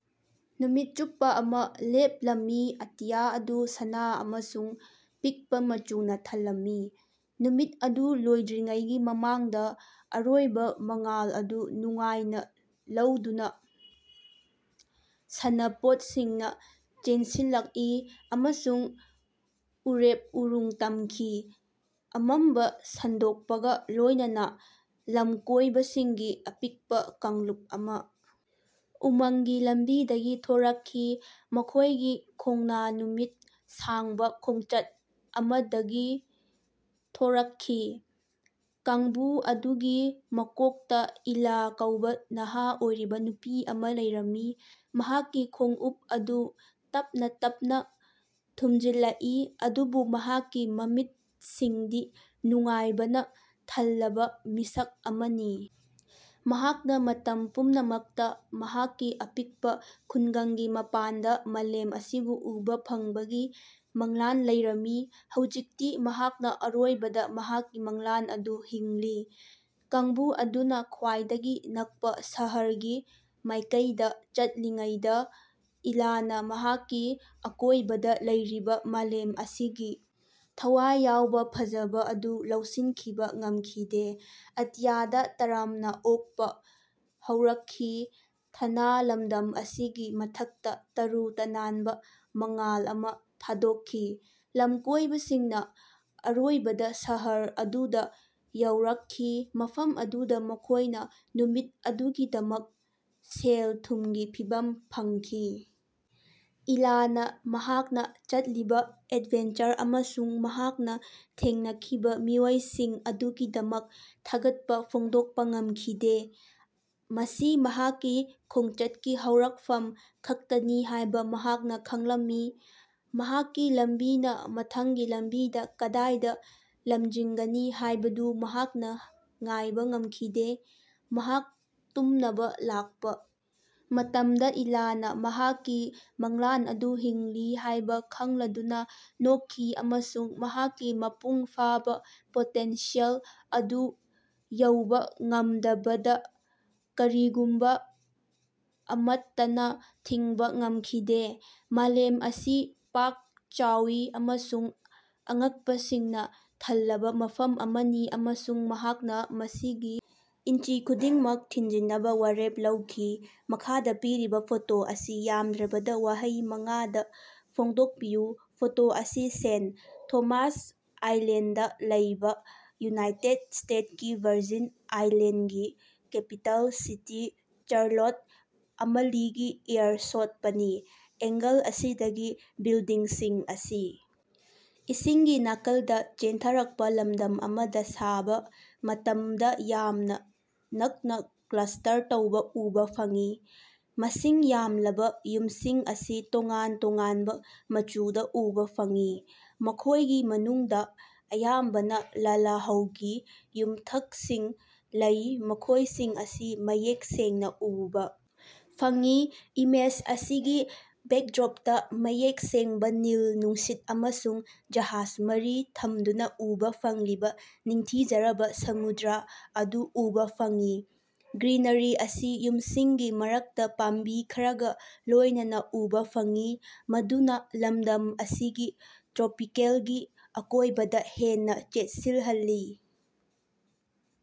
ꯅꯨꯃꯤꯠ ꯆꯨꯞꯄꯥ ꯑꯃꯥ ꯂꯦꯞꯂꯝꯃꯤ ꯑꯇꯤꯌꯥ ꯑꯗꯨ ꯁꯅꯥ ꯑꯃꯁꯨꯡ ꯄꯤꯛꯄꯥ ꯃꯆꯨꯅꯥ ꯊꯜꯂꯝꯃꯤ꯫ ꯅꯨꯃꯤꯠ ꯑꯗꯨ ꯂꯣꯏꯗ꯭ꯔꯤꯉꯩꯒꯤ ꯃꯃꯥꯡꯗꯥ ꯑꯔꯣꯏꯕꯥ ꯃꯉꯥꯜ ꯑꯗꯨ ꯅꯨꯡꯉꯥꯏꯅꯥ ꯂꯧꯗꯨꯅꯥ ꯁꯥꯟꯅꯄꯣꯠꯁꯤꯡꯅꯥ ꯆꯦꯟꯁꯤꯜꯂꯛꯏ ꯑꯃꯁꯨꯡ ꯎꯔꯦꯞ ꯎꯔꯨꯡ ꯇꯝꯈꯤ꯫ ꯑꯃꯝꯕꯥ ꯁꯟꯗꯣꯛꯄꯒꯥ ꯂꯣꯏꯅꯅꯥ ꯂꯝꯀꯣꯏꯕꯁꯤꯡꯒꯤ ꯑꯄꯤꯛꯄꯥ ꯀꯥꯡꯂꯨꯞ ꯑꯃꯥ ꯎꯃꯪꯒꯤ ꯂꯝꯕꯤꯗꯒꯤ ꯊꯣꯔꯛꯈꯤ ꯃꯈꯣꯏꯒꯤ ꯈꯣꯡꯅꯥ ꯅꯨꯃꯤꯠ ꯁꯥꯡꯕꯥ ꯈꯣꯡꯆꯠ ꯑꯃꯗꯒꯤ ꯊꯣꯔꯛꯈꯤ꯫ ꯀꯥꯡꯕꯨ ꯑꯗꯨꯒꯤ ꯃꯀꯣꯛꯇꯥ ꯏꯂꯥ ꯀꯧꯕꯥ ꯅꯍꯥ ꯑꯣꯏꯔꯤꯕꯥ ꯅꯨꯄꯤ ꯑꯃꯥ ꯂꯩꯔꯝꯃꯤ ꯃꯍꯥꯛꯀꯤ ꯈꯣꯡꯎꯞ ꯑꯗꯨ ꯇꯞꯅꯥ ꯇꯞꯅꯥ ꯊꯨꯝꯖꯤꯜꯂꯛꯏ ꯑꯗꯨꯕꯨ ꯃꯍꯥꯛꯀꯤ ꯃꯃꯤꯠꯁꯤꯡꯗꯤ ꯅꯨꯡꯉꯥꯏꯕꯅꯥ ꯊꯜꯂꯕꯥ ꯃꯤꯁꯛ ꯑꯃꯅꯤ꯫ ꯃꯍꯥꯛꯅꯥ ꯃꯇꯝ ꯄꯨꯝꯅꯃꯛꯇꯥ ꯃꯍꯥꯛꯀꯤ ꯑꯄꯤꯛꯄꯥ ꯈꯨꯟꯒꯪꯒꯤ ꯃꯄꯥꯟꯗꯥ ꯃꯥꯂꯦꯝ ꯑꯁꯤꯕꯨ ꯎꯕꯥ ꯐꯪꯕꯒꯤ ꯃꯪꯂꯥꯟ ꯂꯩꯔꯝꯃꯤ ꯍꯧꯖꯤꯛꯇꯤ ꯃꯍꯥꯛꯅꯥ ꯑꯔꯣꯏꯕꯗꯥ ꯃꯍꯥꯛꯀꯤ ꯃꯪꯂꯥꯟ ꯑꯗꯨ ꯍꯤꯡꯂꯤ꯫ ꯀꯥꯡꯕꯨ ꯑꯗꯨꯅꯥ ꯈ꯭ꯋꯥꯏꯗꯒꯤ ꯅꯛꯄꯥ ꯁꯍꯔꯒꯤ ꯃꯥꯏꯀꯩꯗꯥ ꯆꯠꯂꯤꯉꯩꯗꯥ ꯏꯂꯥꯅꯥ ꯃꯍꯥꯛꯀꯤ ꯑꯀꯣꯏꯕꯗꯥ ꯂꯩꯔꯤꯕꯥ ꯃꯥꯂꯦꯝ ꯑꯁꯤꯒꯤ ꯊꯋꯥꯏ ꯌꯥꯎꯕꯥ ꯐꯖꯕꯥ ꯑꯗꯨ ꯂꯧꯁꯤꯟꯈꯤꯕꯥ ꯉꯝꯈꯤꯗꯦ꯫ ꯑꯇꯤꯌꯥꯗꯥ ꯇꯔꯥꯝꯅꯥ ꯑꯣꯛꯄꯥ ꯍꯧꯔꯛꯈꯤ ꯊꯅꯥ ꯂꯝꯗꯝ ꯑꯁꯤꯒꯤ ꯃꯊꯛꯇꯥ ꯇꯔꯨ ꯇꯅꯥꯟꯕꯥ ꯃꯉꯥꯜ ꯑꯃꯥ ꯊꯥꯗꯣꯛꯈꯤ꯫ ꯂꯝꯀꯣꯏꯕꯁꯤꯡꯅꯥ ꯑꯔꯣꯏꯕꯗꯥ ꯁꯍꯔ ꯑꯗꯨꯗꯥ ꯌꯧꯔꯛꯈꯤ ꯃꯐꯝ ꯑꯗꯨꯗꯥ ꯃꯈꯣꯏꯅꯥ ꯅꯨꯃꯤꯠ ꯑꯗꯨꯒꯤꯗꯃꯛ ꯁꯦꯜ ꯊꯨꯝꯒꯤ ꯐꯤꯚꯝ ꯐꯪꯈꯤ꯫ ꯏꯂꯥꯅꯥ ꯃꯍꯥꯛꯅꯥ ꯆꯠꯂꯤꯕꯥ ꯑꯦꯗꯚꯦꯟꯆꯔ ꯑꯃꯁꯨꯡ ꯃꯍꯥꯛꯅꯥ ꯊꯦꯡꯅꯈꯤꯕꯥ ꯃꯤꯑꯣꯏꯁꯤꯡ ꯑꯗꯨꯒꯤꯗꯃꯛ ꯊꯥꯒꯠꯄꯥ ꯐꯣꯡꯗꯣꯛꯄꯥ ꯉꯝꯈꯤꯗꯦ꯫ ꯃꯁꯤ ꯃꯍꯥꯛꯀꯤ ꯈꯣꯡꯆꯠꯀꯤ ꯍꯧꯔꯛꯐꯝ ꯈꯛꯇꯅꯤ ꯍꯥꯏꯕꯥ ꯃꯍꯥꯛꯅꯥ ꯈꯪꯂꯝꯏ ꯃꯍꯥꯛꯀꯤ ꯂꯝꯕꯤꯅꯥ ꯃꯊꯪꯒꯤ ꯂꯝꯕꯤꯗꯥ ꯀꯗꯥꯏꯗꯥ ꯂꯝꯖꯤꯡꯒꯅꯤ ꯍꯥꯏꯕꯗꯨ ꯃꯍꯥꯛꯅꯥ ꯉꯥꯏꯕꯥ ꯉꯝꯈꯤꯗꯦ꯫ ꯃꯍꯥꯛ ꯇꯨꯝꯅꯕꯥ ꯂꯥꯛꯄꯥ ꯃꯇꯝꯗꯥ ꯏꯂꯥꯅꯥ ꯃꯍꯥꯛꯀꯤ ꯃꯪꯂꯥꯟ ꯑꯗꯨ ꯍꯤꯡꯂꯤ ꯍꯥꯏꯕꯥ ꯈꯪꯂꯗꯨꯅꯥ ꯅꯣꯛꯈꯤ ꯑꯃꯁꯨꯡ ꯃꯍꯥꯛꯀꯤ ꯃꯄꯨꯡ ꯐꯥꯕꯥ ꯄꯣꯇꯦꯟꯁꯤꯌꯦꯜ ꯑꯗꯨ ꯌꯧꯕꯥ ꯉꯝꯗꯕꯗꯥ ꯀꯔꯤꯒꯨꯝꯕꯥ ꯑꯃꯠꯇꯅꯥ ꯊꯤꯡꯕꯥ ꯉꯝꯈꯤꯗꯦ꯫ ꯃꯥꯂꯦꯝ ꯑꯁꯤ ꯄꯥꯛ ꯆꯥꯎꯏ ꯑꯃꯁꯨꯡ ꯑꯉꯛꯄꯁꯤꯡꯅꯥ ꯊꯜꯂꯕꯥ ꯃꯐꯝ ꯑꯃꯅꯤ ꯑꯃꯁꯨꯡ ꯃꯍꯥꯛꯅꯥ ꯃꯁꯤꯒꯤ ꯏꯟꯆꯤ ꯈꯨꯗꯤꯡꯃꯛ ꯊꯤꯖꯤꯟꯅꯕꯥ ꯋꯥꯔꯦꯞ ꯂꯧꯈꯤ꯫ ꯃꯈꯥꯗꯥ ꯄꯤꯔꯤꯕꯥ ꯐꯣꯇꯣ ꯑꯁꯤ ꯌꯥꯝꯗ꯭ꯔꯕꯗꯥ ꯋꯥꯍꯩ ꯃꯉꯥꯗꯥ ꯐꯣꯡꯗꯣꯛꯄꯤꯌꯨ꯫ ꯐꯣꯇꯣ ꯑꯁꯤ ꯁꯦꯟ꯫ ꯊꯣꯃꯥꯁ ꯑꯥꯏꯂꯦꯟꯗꯗꯥ ꯂꯩꯕꯥ ꯌꯨꯅꯥꯏꯇꯦꯗ ꯁ꯭ꯇꯦꯠꯀꯤ ꯚꯔꯖꯤꯟ ꯑꯥꯏꯂꯦꯟꯗꯒꯤ ꯀꯦꯄꯤꯇꯦꯜ ꯁꯤꯇꯤ ꯆꯥꯔꯂꯣꯠ ꯑꯃꯂꯤꯒꯤ ꯑꯦꯌꯔ ꯁꯣꯠꯄꯅꯤ꯫ ꯑꯦꯡꯒꯜ ꯑꯁꯤꯗꯒꯤ ꯕꯤꯜꯗꯤꯡꯁꯤꯡ ꯑꯁꯤ ꯏꯁꯤꯡꯒꯤ ꯅꯥꯀꯜꯗꯥ ꯆꯦꯟꯊꯔꯛꯄꯥ ꯂꯝꯗꯝ ꯑꯃꯗꯥ ꯁꯥꯕꯥ ꯃꯇꯝꯗꯥ ꯌꯥꯝꯅꯥ ꯅꯛꯅꯥ ꯀ꯭ꯂꯁ꯭ꯇꯔ ꯇꯧꯕꯥ ꯎꯕꯥ ꯐꯪꯏ꯫ ꯃꯁꯤꯡ ꯌꯥꯝꯂꯕꯥ ꯌꯨꯝꯁꯤꯡ ꯑꯁꯤ ꯇꯣꯉꯥꯟ ꯇꯣꯉꯥꯟꯕꯥ ꯃꯆꯨꯗꯥ ꯎꯕꯥ ꯐꯪꯏ ꯃꯈꯣꯏꯒꯤ ꯃꯅꯨꯡꯗꯥ ꯑꯌꯥꯝꯕꯅꯥ ꯂꯥꯂꯍꯧꯒꯤ ꯌꯨꯝꯊꯛꯁꯤꯡ ꯂꯩ ꯃꯈꯣꯏꯁꯤꯡ ꯑꯁꯤ ꯃꯌꯦꯛ ꯁꯦꯡꯅꯥ ꯎꯕꯥ ꯐꯪꯏ꯫ ꯏꯃꯦꯖ ꯑꯁꯤꯒꯤ ꯕꯦꯛꯗ꯭ꯔꯣꯞꯇꯥ ꯃꯌꯦꯛ ꯁꯦꯡꯕꯥ ꯅꯤꯜ ꯅꯨꯡꯁꯤꯠ ꯑꯃꯁꯨꯡ ꯖꯍꯥꯖ ꯃꯔꯤ ꯊꯝꯗꯨꯅꯥ ꯎꯕꯥ ꯐꯪꯂꯤꯕꯥ ꯅꯤꯡꯊꯤꯖꯔꯕꯥ ꯁꯃꯨꯗ꯭ꯔ ꯑꯗꯨ ꯎꯕꯥ ꯐꯪꯏ꯫ ꯒ꯭ꯔꯤꯅꯔꯤ ꯑꯁꯤ ꯌꯨꯝꯁꯤꯡꯒꯤ ꯃꯔꯛꯇꯥ ꯄꯥꯝꯕꯤ ꯈꯔꯒꯥ ꯂꯣꯏꯅꯅꯥ ꯎꯕꯥ ꯐꯪꯏ ꯃꯗꯨꯅꯥ ꯂꯝꯗꯝ ꯑꯁꯤꯒꯤ ꯇ꯭ꯔꯣꯄꯤꯀꯦꯜꯒꯤ ꯑꯀꯣꯏꯕꯗꯥ ꯍꯦꯟꯅꯥ ꯆꯦꯠꯁꯤꯜꯍꯜꯂꯤ꯫